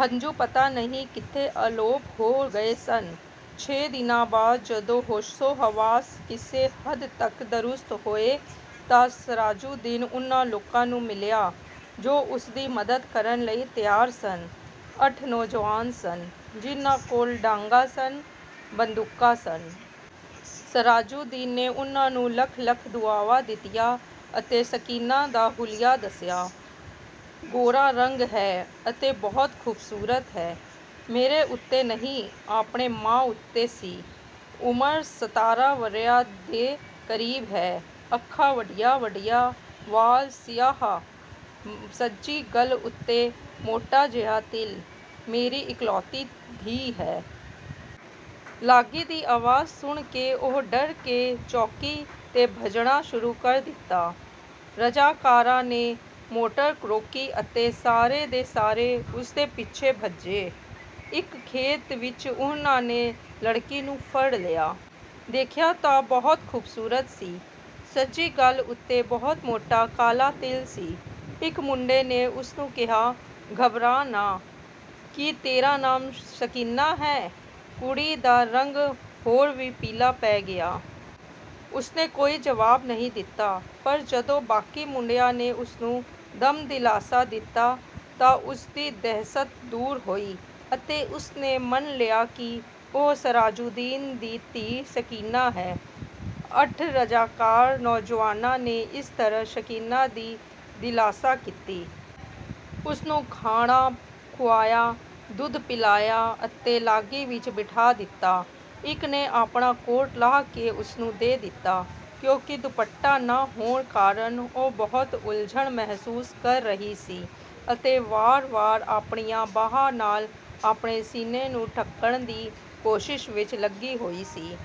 ਹੰਝੂ ਪਤਾ ਨਹੀਂ ਕਿੱਥੇ ਅਲੋਪ ਹੋ ਗਏ ਸਨ। ਛੇ ਦਿਨਾਂ ਬਾਅਦ ਜਦੋਂ ਹੋਸ਼ੋ-ਹਵਾਸ ਕਿਸੇ ਹੱਦ ਤੱਕ ਦਰੁਸਤ ਹੋਏ ਤਾਂ ਸਰਾਜੁਦੀਨ ਉਨ੍ਹਾਂ ਲੋਕਾਂ ਨੂੰ ਮਿਲ਼ਿਆ ਜੋ ਉਸਦੀ ਮਦਦ ਕਰਨ ਲਈ ਤਿਆਰ ਸਨ। ਅੱਠ ਨੌਜਵਾਨ ਸਨ, ਜਿਨ੍ਹਾਂ ਕੋਲ਼ ਡਾਂਗਾਂ ਸਨ, ਬੰਦੂਕਾਂ ਸਨ। ਸਰਾਜੁਦੀਨ ਨੇ ਉਨ੍ਹਾਂ ਨੂੰ ਲੱਖ-ਲੱਖ ਦੁਆਵਾਂ ਦਿੱਤੀਆਂ ਅਤੇ ਸਕੀਨਾ ਦਾ ਹੁਲੀਆ ਦੱਸਿਆ। ਗੋਰਾ ਰੰਗ ਹੈ ਅਤੇ ਬਹੁਤ ਖੂਬਸੂਰਤ ਹੈ। ਮੇਰੇ ਉੱਤੇ ਨਹੀਂ ਆਪਣੇ ਮਾਂ ਉੱਤੇ ਸੀ। ਉਮਰ ਸਤਾਰਾਂ ਵਰ੍ਹਿਆਂ ਦੇ ਕਰੀਬ ਹੈ। ਅੱਖਾਂ ਵੱਡੀਆਂ-ਵੱਡੀਆਂ, ਵਾਲ਼ ਸਿਆਹ, ਸੱਜੀ ਗੱਲ੍ਹ ਉੱਤੇ ਮੋਟਾ ਜਿਹਾ ਤਿਲ, ਮੇਰੀ ਇਕਲੌਤੀ ਧੀ ਹੈ। ਲਾਰੀ ਦੀ ਅਵਾਜ਼ ਸੁਣ ਕੇ ਉਹ ਡਰ ਕੇ ਚੌਂਕੀ ਤੇ ਭੱਜਣਾ ਸ਼ੁਰੂ ਕਰ ਦਿੱਤਾ। ਰਜਾਕਾਰਾਂ ਨੇ ਮੋਟਰ ਰੋਕੀ ਅਤੇ ਸਾਰੇ ਦੇ ਸਾਰੇ ਉਸਦੇ ਪਿੱਛੇ ਭੱਜੇ। ਇੱਕ ਖੇਤ ਵਿੱਚ ਉਹਨਾਂ ਨੇ ਲੜਕੀ ਨੂੰ ਫੜ ਲਿਆ। ਦੇਖਿਆ ਤਾਂ ਬਹੁਤ ਖੂਬਸੂਰਤ ਸੀ। ਸੱਜੀ ਗੱਲ ਉੱਤੇ ਬਹੁਤ ਮੋਟਾ ਕਾਲ਼ਾ ਤਿਲ ਸੀ। ਇੱਕ ਮੁੰਡੇ ਨੇ ਉਸਨੂੰ ਕਿਹਾ, "ਘਬਰਾ ਨਾ, ਕੀ ਤੇਰਾ ਨਾਮ ਸਕੀਨਾ ਹੈ?" ਕੁੜੀ ਦਾ ਰੰਗ ਹੋਰ ਵੀ ਪੀਲ਼ਾ ਪੈ ਗਿਆ। ਉਸਨੇ ਕੋਈ ਜਵਾਬ ਨਹੀਂ ਦਿੱਤਾ। ਪਰ ਜਦੋਂ ਬਾਕੀ ਮੁੰਡਿਆਂ ਨੇ ਉਸਨੂੰ ਦਮ ਦਿਲਾਸਾ ਦਿੱਤਾ ਤਾਂ ਉਸਦੀ ਦਹਿਸ਼ਤ ਦੂਰ ਹੋਈ ਅਤੇ ਉਸਨੇ ਮੰਨ ਲਿਆ ਕਿ ਉਹ ਸਰਾਜੁਦੀਨ ਦੀ ਧੀ ਸਕੀਨਾ ਹੈ। ਅੱਠ ਰਜਾਕਾਰ ਨੌਜਵਾਨਾਂ ਨੇ ਇਸ ਤਰ੍ਹਾਂ ਸਕੀਨਾ ਦੀ ਦਿਲਾਸਾ ਕੀਤੀ। ਉਸਨੂੰ ਖਾਣਾ ਖੁਆਇਆ, ਦੁੱਧ ਪਿਲਾਇਆ ਅਤੇ ਲਾਰੀ ਵਿੱਚ ਬਿਠਾ ਦਿੱਤਾ। ਇੱਕ ਨੇ ਆਪਣਾ ਕੋਟ ਲਾਹ ਕੇ ਉਸਨੂੰ ਦੇ ਦਿੱਤਾ, ਕਿਉਂਕਿ ਦੁਪੱਟਾ ਨਾ ਹੋਣ ਕਾਰਨ ਉਹ ਬਹੁਤ ਉਲ਼ਝਣ ਮਹਿਸੂਸ ਕਰ ਰਹੀ ਸੀ ਅਤੇ ਵਾਰ-ਵਾਰ ਆਪਣੀਆਂ ਬਾਹਾਂ ਨਾਲ਼ ਆਪਣੇ ਸੀਨੇ ਨੂੰ ਢਕਣ ਦੀ ਕੋਸ਼ਿਸ਼ ਵਿੱਚ ਲੱਗੀ ਹੋਈ ਸੀ।